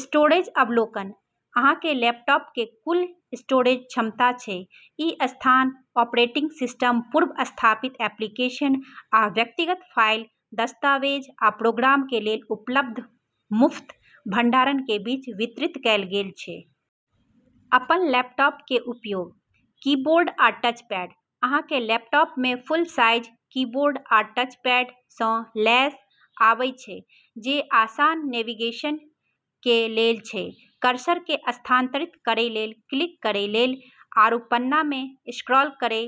स्टोरोज अवलोकन: अहाँ के लैपटॉप के कुल स्टोरेज क्षमता छै। ई स्थान ऑपरेटिंग सिस्टम, पूर्व-स्थापित एप्लीकेशन, आ व्यक्तिगत फाइल, दस्तावेज आ प्रोग्राम के लेल उपलब्ध मुफ्त भंडारण के बीच वितरित कएल गेल छै। अपन लैपटॉप के उपयोग:- कीबोर्ड आ टचपैड: अहाँ के लैपटॉप में फुल साइज कीबोर्ड आ टचपैड सँ लैस आबै छै जे आसान नेविगेशन के लेल छै। कर्सर के स्थानांतरित करै लेल, क्लिक करै लेल आरू पन्ना में स्क्रॉल करै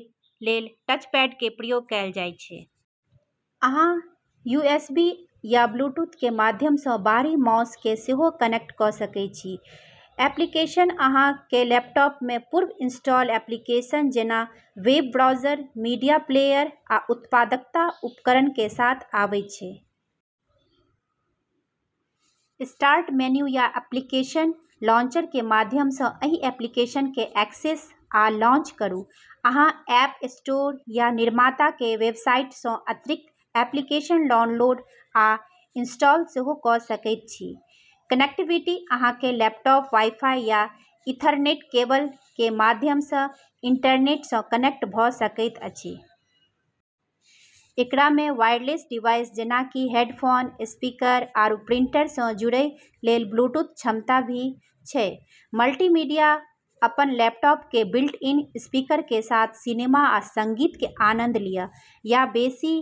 लेल टचपैड के प्रयोग कएल जाय छै। अहाँ यूएसबी या ब्लूटूथ के माध्यम सँ बाहरी माउस के सेहो कनेक्ट क' सकय छी। एप्लीकेशन: अहाँ के लैपटॉप में पूर्व-इंस्टॉल एप्लीकेशन जेना वेब ब्राउज़र, मीडिया प्लेयर, आ उत्पादकता उपकरण के साथ आबै छै। स्टार्ट मेनू या एप्लीकेशन लांचर के माध्यम सँ एहि एप्लीकेशन के एक्सेस आ लॉन्च करूँ। अहाँ ऐप स्टोर या निर्माता के वेबसाइट सँ अतिरिक्त एप्लीकेशन डाउनलोड आ इंस्टॉल सेहो क' सकैत छी। कनेक्टिविटी: अहाँ के लैपटॉप वाई-फाई या ईथरनेट केबल के माध्यम सँ इंटरनेट सँ कनेक्ट भऽ सकैत अछि। एकरा में वायरलेस डिवाइस जेना कि हेडफोन, स्पीकर, आरू प्रिंटर सँ जुड़ै लेल ब्लूटूथ क्षमता भी छै। मल्टीमीडिया: अपन लैपटॉप के बिल्ट-इन स्पीकर के साथ सिनेमा आ संगीत के आनंद लिय, या बेसी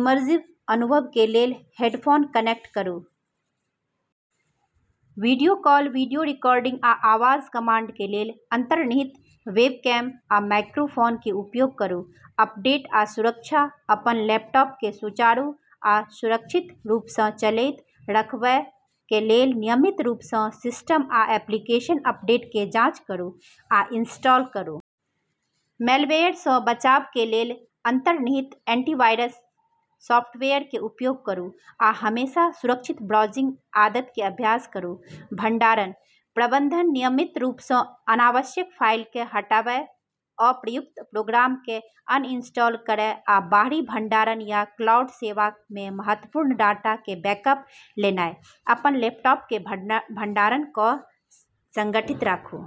इमर्सिव अनुभव के लेल हेडफोन कनेक्ट करू। वीडियो कॉल, वीडियो रिकॉर्डिंग, आ आवाज कमांड के लेल अंतर्निहित वेबकैम आ माइक्रोफोन के उपयोग करू। अपडेट आ सुरक्षा: अपन लैपटॉप के सुचारू आ सुरक्षित रूप सँ चलैत रखबय के लेल नियमित रूप सँ सिस्टम आ एप्लीकेशन अपडेट के जांच करू आ इंस्टॉल करू। मैलवेयर सँ बचाव के लेल अंतर्निहित एंटीवायरस सॉफ्टवेयर के उपयोग करू, आ हमेशा सुरक्षित ब्राउजिंग आदत के अभ्यास करू। भंडारण प्रबंधन: नियमित रूप सँ अनावश्यक फाइल के हटावय, अप्रयुक्त प्रोग्राम के अनइंस्टॉल करय, आ बाहरी भंडारण या क्लाउड सेवा में महत्वपूर्ण डाटा के बैकअप लेनाय, अपन लैपटॉप के भंडारण के संगठित राखूँ।